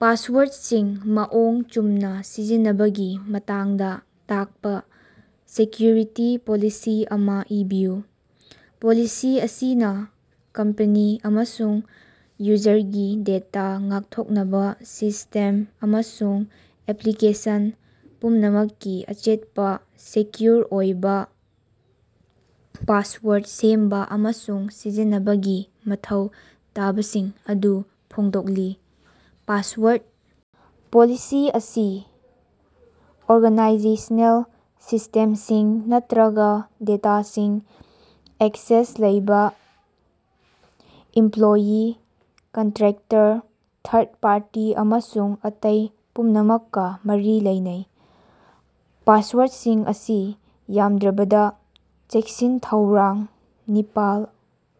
ꯄꯥꯁꯋꯥꯔꯠꯁꯤꯡ ꯃꯑꯣꯡ ꯆꯨꯝꯅꯥ ꯁꯤꯖꯤꯟꯅꯕꯒꯤ ꯃꯇꯥꯡꯗꯥ ꯇꯥꯛꯄꯥ ꯁꯦꯀ꯭ꯌꯨꯔꯤꯇꯤ ꯄꯣꯂꯤꯁꯤ ꯑꯃꯥ ꯏꯕꯤꯌꯨ꯫ ꯄꯣꯂꯤꯁꯤ ꯑꯁꯤꯅꯥ ꯀꯝꯄꯦꯅꯤ ꯑꯃꯁꯨꯡ ꯌꯨꯖꯔꯒꯤ ꯗꯦꯇꯥ ꯉꯥꯛꯊꯣꯛꯅꯕꯥ ꯁꯤꯁꯇꯦꯝ ꯑꯃꯁꯨꯡ ꯑꯦꯄ꯭ꯂꯤꯀꯦꯁꯟ ꯄꯨꯝꯅꯃꯛꯀꯤ ꯑꯆꯦꯠꯄꯥ, ꯁꯦꯀ꯭ꯌꯨꯔ ꯑꯣꯏꯕꯥ ꯄꯥꯁꯋꯥꯔꯗ ꯁꯦꯝꯕꯥ ꯑꯃꯁꯨꯡ ꯁꯤꯖꯤꯟꯅꯕꯒꯤ ꯃꯊꯧ ꯇꯥꯕꯁꯤꯡ ꯑꯗꯨ ꯐꯣꯡꯗꯣꯛꯂꯤ꯫ ꯄꯥꯁꯋꯥꯔꯗ ꯄꯣꯂꯤꯁꯤ ꯑꯁꯤ ꯑꯣꯔꯒꯥꯅꯥꯏꯖꯦꯁꯅꯦꯜ ꯁꯤꯁꯇꯦꯝꯁꯤꯡ ꯅꯠꯇ꯭ꯔꯒꯥ ꯗꯦꯇꯥꯗꯥ ꯑꯦꯛꯁꯦꯁ ꯂꯩꯕꯥ ꯏꯝꯄ꯭ꯂꯣꯌꯤ, ꯀꯟꯇ꯭ꯔꯦꯛꯇꯔ, ꯊꯥꯔꯗ ꯄꯥꯔꯇꯤ ꯑꯃꯁꯨꯡ ꯑꯇꯩ ꯄꯨꯝꯅꯃꯛꯀꯥ ꯃꯔꯤ ꯂꯩꯅꯩ꯫ ꯄꯥꯁꯋꯥꯔꯠꯁꯤꯡ ꯑꯁꯤ ꯌꯥꯝꯗ꯭ꯔꯕꯗꯥ ꯆꯦꯛꯁꯤꯟ-ꯊꯧꯔꯥꯡ ꯅꯤꯄꯥꯜ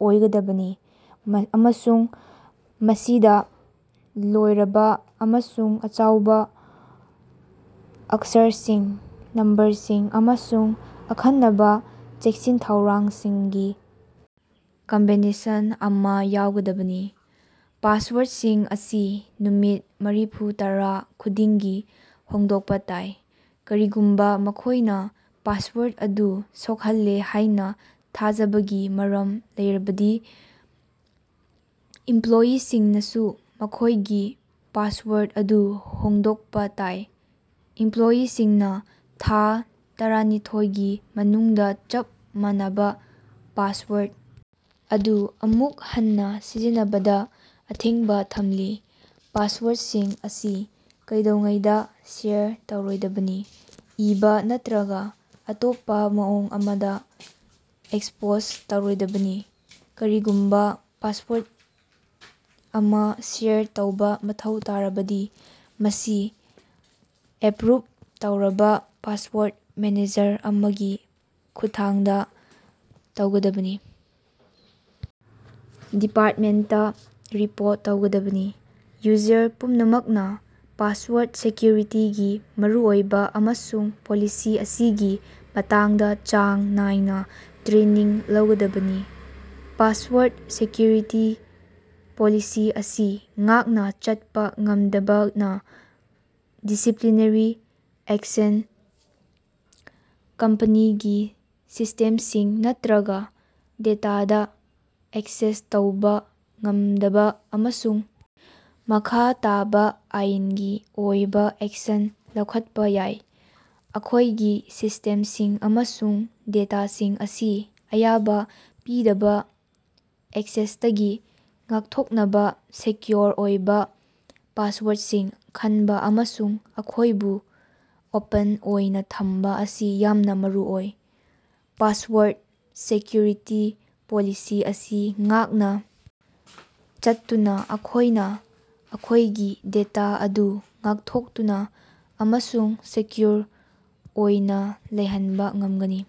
ꯑꯣꯏꯒꯗꯕꯅꯤ ꯑꯃꯁꯨꯡ ꯃꯁꯤꯗꯥ ꯂꯣꯏꯔꯕꯥ ꯑꯃꯁꯨꯡ ꯑꯆꯧꯕꯥ ꯑꯛꯁꯔꯁꯤꯡ, ꯅꯝꯕꯔꯁꯤꯡ ꯑꯃꯁꯨꯡ ꯑꯈꯟꯅꯕꯥ ꯆꯦꯛꯁꯤꯟ-ꯊꯧꯔꯥꯡꯁꯤꯡꯒꯤ ꯀꯝꯕꯤꯅꯦꯁꯟ ꯑꯃꯥ ꯌꯥꯎꯒꯗꯕꯅꯤ꯫ ꯄꯥꯁꯋꯥꯔꯠꯁꯤꯡ ꯑꯁꯤ ꯅꯨꯃꯤꯠ ꯃꯔꯤꯐꯨ ꯇꯔꯥ ꯈꯨꯗꯤꯡꯒꯤ ꯍꯣꯡꯗꯣꯛꯄꯥ ꯇꯥꯏ꯫ ꯀꯔꯤꯒꯨꯝꯕꯥ ꯃꯈꯣꯏꯅꯥ ꯄꯥꯁꯋꯥꯔꯠ ꯑꯗꯨ ꯁꯣꯛꯍꯜꯂꯦ ꯍꯥꯏꯅꯥ ꯊꯥꯖꯕꯒꯤ ꯃꯔꯝ ꯂꯩꯔꯕꯗꯤ ꯏꯝꯄ꯭ꯂꯣꯏꯌꯤꯁꯤꯡꯅꯁꯨ ꯃꯈꯣꯏꯒꯤ ꯄꯥꯁꯋꯥꯔꯠ ꯑꯗꯨ ꯍꯣꯡꯗꯣꯛꯄꯥ ꯇꯥꯏ꯫ ꯏꯝꯄ꯭ꯂꯣꯏꯌꯤꯁꯤꯡꯅꯥ ꯊꯥ ꯇꯔꯥꯅꯤꯊꯣꯏꯒꯤ ꯃꯅꯨꯡꯗꯥ ꯆꯞ ꯃꯥꯟꯅꯕꯥ ꯄꯥꯁꯋꯥꯔꯠ ꯑꯗꯨ ꯑꯃꯨꯛ ꯍꯟꯅꯥ ꯁꯤꯖꯤꯟꯅꯕꯗꯥ ꯑꯊꯤꯡꯕꯥ ꯊꯝꯂꯤ꯫ ꯄꯥꯁꯋꯥꯔꯠꯁꯤꯡ ꯑꯁꯤ ꯀꯩꯗꯧꯉꯩꯗꯥ ꯁꯦꯌꯔ ꯇꯧꯔꯣꯏꯗꯕꯅꯤ, ꯏꯕꯥ ꯅꯠꯇ꯭ꯔꯒꯥ ꯑꯇꯣꯞꯄꯥ ꯃꯑꯣꯡ ꯑꯃꯗꯥ ꯑꯦꯛꯁꯄꯣꯖ ꯇꯧꯔꯣꯏꯗꯕꯅꯤ꯫ ꯀꯔꯤꯒꯨꯝꯕꯥ ꯄꯥꯁꯋꯥꯔꯗ ꯑꯃꯥ ꯁꯦꯌꯥꯔ ꯇꯧꯕꯥ ꯃꯊꯧ ꯇꯥꯔꯕꯗꯤ, ꯃꯁꯤ ꯑꯦꯄ꯭ꯔꯨꯞ ꯇꯧꯔꯕꯥ ꯄꯥꯁꯋꯥꯔꯠ ꯃꯦꯅꯦꯖꯔ ꯑꯃꯒꯤ ꯈꯨꯠꯊꯥꯡꯗꯥ ꯇꯧꯒꯗꯕꯅꯤ꯫ ꯗꯤꯄꯥꯔꯠꯃꯦꯟꯇꯥ ꯔꯤꯄꯣꯔꯠ ꯇꯧꯒꯗꯕꯅꯤ꯫ ꯌꯨꯖꯔ ꯄꯨꯝꯅꯃꯛꯅꯥ ꯄꯥꯁꯋꯥꯔꯠ ꯁꯦꯀ꯭ꯌꯨꯔꯤꯇꯤꯒꯤ ꯃꯔꯨꯑꯣꯏꯕꯥ ꯑꯃꯁꯨꯡ ꯄꯣꯂꯤꯁꯤ ꯑꯁꯤꯒꯤ ꯃꯇꯥꯡꯗꯥ ꯆꯥꯡ ꯅꯥꯏꯅꯥ ꯇ꯭ꯔꯦꯅꯤꯡ ꯂꯧꯒꯗꯕꯅꯤ꯫ ꯄꯥꯁꯋꯥꯔꯠ ꯁꯦꯀ꯭ꯌꯨꯔꯤꯇꯤ ꯄꯣꯂꯤꯁꯤ ꯑꯁꯤ ꯉꯥꯛꯅꯥ ꯆꯠꯄꯥ ꯉꯝꯗꯕꯅꯥ ꯗꯤꯁꯤꯄ꯭ꯂꯤꯅꯔꯤ ꯑꯦꯛꯁꯟ, ꯀꯝꯄꯅꯤꯒꯤ ꯁꯤꯁꯇꯦꯝꯁꯤꯡ ꯅꯠꯇ꯭ꯔꯒꯥ ꯗꯦꯇꯥꯗꯥ ꯑꯦꯛꯁꯦꯁ ꯇꯧꯕꯥ ꯉꯝꯗꯕꯥ ꯑꯃꯁꯨꯡ ꯃꯈꯥ ꯇꯥꯕꯥ ꯑꯥꯏꯟꯒꯤ ꯑꯣꯏꯕꯥ ꯑꯦꯛꯁꯟ ꯂꯧꯈꯠꯄꯥ ꯌꯥꯏ꯫ ꯑꯩꯈꯣꯏꯒꯤ ꯁꯤꯁꯇꯦꯝꯁꯤꯡ ꯑꯃꯁꯨꯡ ꯗꯦꯇꯥꯁꯤꯡ ꯑꯁꯤ ꯑꯌꯥꯕꯥ ꯄꯤꯗꯕꯥ ꯑꯦꯛꯁꯦꯁꯇꯒꯤ ꯉꯥꯛꯊꯣꯛꯅꯕꯥ ꯁꯦꯀ꯭ꯌꯣꯔ ꯑꯣꯏꯕꯥ ꯄꯥꯁꯋꯥꯔꯠꯁꯤꯡ ꯈꯟꯕꯥ ꯑꯃꯁꯨꯡ ꯃꯈꯣꯏꯕꯨ ꯑꯣꯄꯟ ꯑꯣꯏꯅꯥ ꯊꯝꯕꯥ ꯑꯁꯤ ꯌꯥꯝꯅꯥ ꯃꯔꯨꯑꯣꯏ꯫ ꯄꯥꯁꯋꯥꯔꯗ ꯁꯦꯀ꯭ꯌꯨꯔꯤꯇꯤ ꯄꯣꯂꯤꯁꯤ ꯑꯁꯤ ꯉꯥꯛꯅꯥ ꯆꯠꯇꯨꯅꯥ ꯑꯩꯈꯣꯏꯅꯥ ꯑꯩꯈꯣꯏꯒꯤ ꯗꯦꯇꯥ ꯑꯗꯨ ꯉꯥꯛꯊꯣꯛꯇꯨꯅꯥ ꯑꯃꯁꯨꯡ ꯁꯦꯀ꯭ꯌꯨꯔ ꯑꯣꯏꯅꯥ ꯂꯩꯍꯟꯕꯥ ꯉꯝꯒꯅꯤ꯫